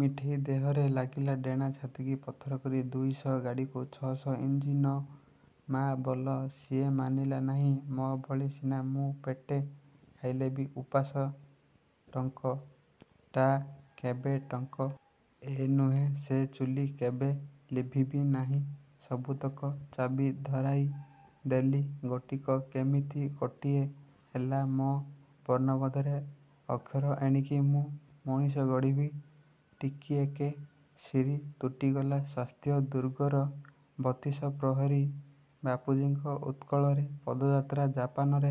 ମିଠେଇ ଦେହରେ ଲାଗିଲା ଡେଣା ଛାତିକି ପଥର କରି ଦୁଇଶହ ଗାଡ଼ିକୁ ଛ'ଶହ ଇଞ୍ଜି ନ ମା' ବୋଲ ସିଏ ମାନିଲା ନାହିଁ ମୋ ଭଳି ସିନା ମୁଁ ପେଟେ ଖାଇଲେ ବି ଉପାସ ଟଙ୍କ। ଟା କେବେ ଟଙ୍କ। ଏ ନୁହେଁ ସେ ଚୁଲି କେବେ ଲିଭିବି ନାହିଁ ସବୁତକ ଚାବି ଧରାଇ ଦେଲି ଗୋଟିକ କେମିତି କୋଟିଏ ହେଲା ମୋ ବର୍ଣ୍ଣବୋଧରେ ଅକ୍ଷର ଏଣିକି ମୁଁ ମଣିଷ ଗଢ଼ିବି ଟିକିଏକେ ଶିରୀ ତୁଟିଗଲା ସ୍ୱାସ୍ଥ୍ୟ ଦୁର୍ଗର ବତିଶ ପ୍ରହରୀ ବାପୁଜୀଙ୍କ ଉତ୍କଳରେ ପଦଯାତ୍ରା ଜାପାନରେ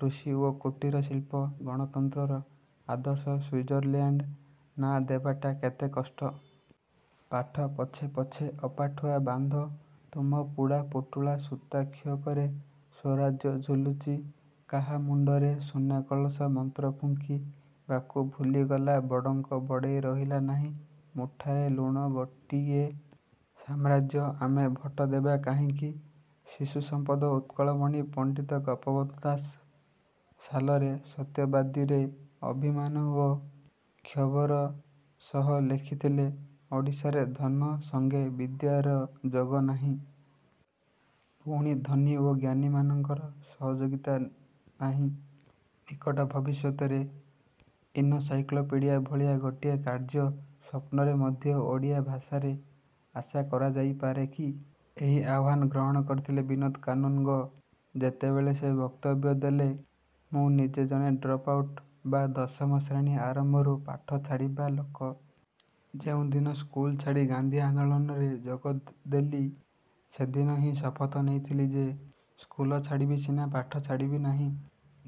କୃଷି ଓ କୁଟୀର ଶିଳ୍ପ ଗଣତନ୍ତ୍ରର ଆଦର୍ଶ ସୁଇଜରଲ୍ୟାଣ୍ଡ ନାଁ ଦେବାଟା କେତେ କଷ୍ଟ! ପାଠ ପଛେ ପଛେ ଅପାଠୁଆ ବାନ୍ଧ ତୁମ ପୁଡ଼ା ପୁଟୁଳା ସୂତା ଖିଅକରେ ସ୍ୱରାଜ୍ୟ ଝୁଲୁଛି କାହା ମୁଣ୍ଡରେ ସୁନା କଳସ ମନ୍ତ୍ର ଫୁଙ୍କି ବାକୁ ଭୁଲିଗଲା ବଡ଼ଙ୍କ ବଡେ଼ଇ ରହିଲା ନାହିଁ ମୁଠାଏ ଲୁଣ ଗୋଟିଏ ସାମ୍ରାଜ୍ୟ ଆମେ ଭୋଟ ଦେବା କାହିଁକି ଶିଶୁ ସମ୍ପଦ ଉତ୍କଳମଣି ପଣ୍ଡିତ ଗୋପବନ୍ଧୁ ଦାସ ସାଲରେ " ସତ୍ୟବାଦୀ "ରେ ଅଭିମାନ ଓ କ୍ଷୋଭର ସହ ଲେଖିଥିଲେ, ଓଡ଼ିଶାରେ ଧନ ସଙ୍ଗେ ବିଦ୍ୟାର ଯୋଗ ନାହିଁ। ପୁଣି ଧନୀ ଓ ଜ୍ଞାନୀମାନଙ୍କର ସହଯୋଗିତା ନାହିଁ ନିକଟ ଭବିଷ୍ୟତରେ ଇନସାଇକ୍ଲୋପିଡ଼ିଆ ଭଳିଆ ଗୋଟିଏ କାର୍ଯ୍ୟ ସ୍ୱପ୍ନରେ ମଧ୍ୟ ଓଡ଼ିଆ ଭାଷାରେ ଆଶା କରାଯାଇପାରେ କି? ଏହି ଆହ୍ୱାନ ଗ୍ରହଣ କରିଥିଲେ ବିନୋଦ କାନୁନଗୋ, ଯେତେବେଳେ ସେ ବକ୍ତବ୍ୟ ଦେଲେ, ମୁଁ ନିଜେ ଜଣେ ଡ୍ରପ ଆଉଟ ବା ଦଶମ ଶ୍ରେଣୀ ଆରମ୍ଭରୁ ପାଠ ଛାଡ଼ିବା ଲୋକ। ଯେଉଁଦିନ ସ୍କୁଲ ଛାଡ଼ି ଗାନ୍ଧୀ ଆନ୍ଦୋଳନରେ ଯୋଗ ଦେଲି ସେଦିନ ହିଁ ଶପଥ ନେଇଥିଲି ଯେ, ସ୍କୁଲ ଛାଡ଼ିବି ସିନା, ପାଠ ଛାଡ଼ିବି ନାହିଁ।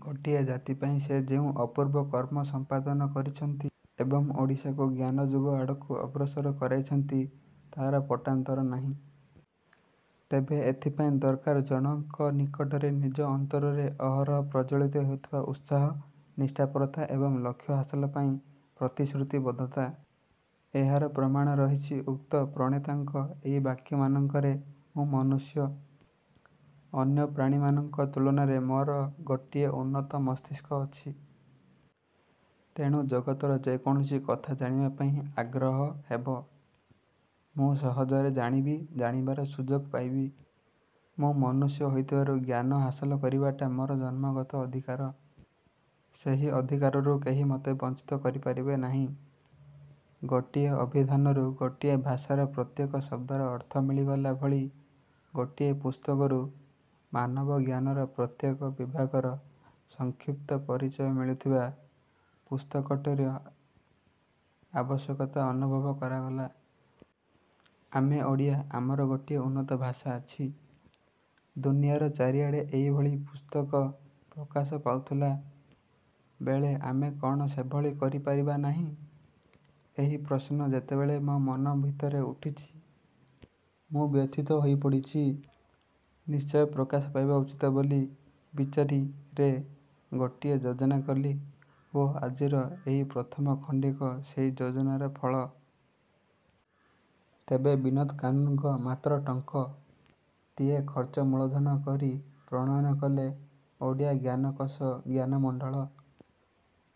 ଗୋଟିଏ ଜାତି ପାଇଁ ସେ ଯେଉଁ ଅପୂର୍ବ କର୍ମ ସଂପାଦନ କରିଛନ୍ତି ଏବଂ ଓଡ଼ିଶାକୁ ଜ୍ଞାନ-ଯୁଗ ଆଡ଼କୁ ଅଗ୍ରସର କରାଇଛନ୍ତି, ତାର ପଟାନ୍ତର ନାହିଁ। ତେବେ ଏଥିପାଇଁ ଦରକାର ଜଣକ ନିକଟରେ ନିଜ ଅନ୍ତରରେ ଅହରହ ପ୍ରଜ୍ୱଳିତ ହେଉଥିବା ଉତ୍ସାହ, ନିଷ୍ଠାପରତା ଏବଂ ଲକ୍ଷ୍ୟ ହାସଲ ପାଇଁ ପ୍ରତିଶ୍ରୁତି ବଦ୍ଧତା। ଏହାର ପ୍ରମାଣ ରହିଛି ଉକ୍ତ ପ୍ରଣେତାଙ୍କ ଏଇ ବାକ୍ୟମାନଙ୍କରେ, ମୁଁ ମନୁଷ୍ୟ। ଅନ୍ୟ ପ୍ରାଣୀମାନଙ୍କ ତୁଳନାରେ ମୋର ଗୋଟିଏ ଉନ୍ନତ ମସ୍ତିଷ୍କ ଅଛି। ତେଣୁ ଜଗତର ଯେ କୌଣସି କଥା ଜାଣିବା ପାଇଁ ଆଗ୍ରହ ହେବ। ମୁଁ ସହଜରେ ଜାଣିବି-ଜାଣିବାର ସୁଯୋଗ ପାଇବି। ମୁଁ ମନୁଷ୍ୟ ହୋଇଥିବାରୁ ଜ୍ଞାନ ହାସଲ କରିବାଟା ମୋର ଜନ୍ମଗତ ଅଧିକାର। ସେହି ଅଧିକାରରୁ କେହି ମୋତେ ବଞ୍ଚିତ କରିପାରିବେ ନାହିଁ। ଗୋଟିଏ ଅଭିଧାନରୁ ଗୋଟିଏ ଭାଷାର ପ୍ରତ୍ୟେକ ଶବ୍ଦର ଅର୍ଥ ମିଳିଗଲା ଭଳି ଗୋଟିଏ ପୁସ୍ତକରୁ ମାନବ ଜ୍ଞାନର ପ୍ରତ୍ୟେକ ବିଭାଗର ସଂକ୍ଷିପ୍ତ ପରିଚୟ ମିଳୁଥିବା ପୁସ୍ତକଟିର ଆବଶ୍ୟକତା ଅନୁଭବ କରାଗଲା ଆମେ ଓଡ଼ିଆ। ଆମର ଗୋଟିଏ ଉନ୍ନତ ଭାଷା ଅଛି। ଦୁନିଆର ଚାରିଆଡେ଼ ଏହି ଭଳି ପୁସ୍ତକ ପ୍ରକାଶ ପାଉଥିଲା ବେଳେ ଆମେ କଣ ସେଭଳି କରି ପାରିବା ନାହିଁ? ଏହି ପ୍ରଶ୍ନ ଯେତେବେଳେ ମୋ ମନ ଭିତରେ ଉଠିଛି, ମୁଁ ବ୍ୟଥିତ ହୋଇ ପଡ଼ିଛି ନିଶ୍ଚୟ ପ୍ରକାଶ ପାଇବା ଉଚିତ ବୋଲି ବିଚାରି ରେ ଗୋଟିଏ ଯୋଜନା କଲି ଓ ଆଜିର ଏହି ପ୍ରଥମ ଖଣ୍ଡିକ ସେଇ ଯୋଜନାର ଫ ଳ।। ତେବେ ବିନୋଦ କାନୁନଗୋ ମାତ୍ର ଟଙ୍କ। ଟିଏ ଖର୍ଚ୍ଚ ମୂଳଧନ କରି ପ୍ରଣୟନ କଲେ ଓଡ଼ିଆ ଜ୍ଞାନକୋଷ ଜ୍ଞାନମଣ୍ଡଳ।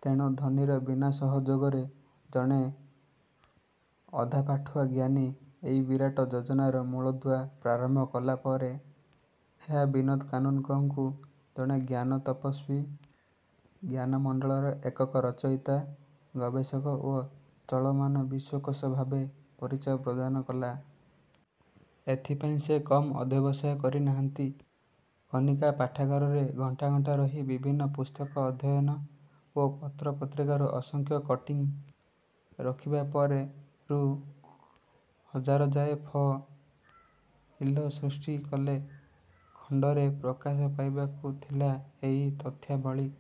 ତେଣୁ ଧନୀର ବିନା ସହଯୋଗରେ ଜଣେ ଅଧାପାଠୁଆ ଜ୍ଞାନୀ ଏଇ ବିରାଟ ଯୋଜନାର ମୂଳଦୁଆ ପ୍ରାରମ୍ଭ କଲାପରେ ଏହା ବିନୋଦ କାନୁନଗୋଙ୍କୁ ଜଣେ ଜ୍ଞାନ-ତପସ୍ୱୀ, ଜ୍ଞାନ ମଣ୍ଡଳର ଏକକ ରଚୟିତା, ଗବେଷକ ଓ ଚଳମାନ ବିଶ୍ୱକୋଷ ଭାବେ ପରିଚୟ ପ୍ରଦାନ କଲା। ଏଥିପାଇଁ ସେ କମ ଅଧ୍ୟବସାୟ କରିନାହାନ୍ତି। କନିକା ପାଠାଗାରରେ ଘଣ୍ଟା ଘଣ୍ଟା ରହି ବିଭିନ୍ନ ପୁସ୍ତକ ଅଧ୍ୟୟନ ଓ ପତ୍ର ପତ୍ରିକାରୁ ଅସଂଖ୍ୟ କଟିଂ ରଖିବା ପରେ ରୁ ହଜାର ଯାଏ ଫ। ଇଲ ସୃଷ୍ଟି କଲେ। ଖଣ୍ଡରେ ପ୍ରକାଶ ପାଇବାକୁ ଥି ଲା ଏଇ ତଥ୍ୟାବଳୀ।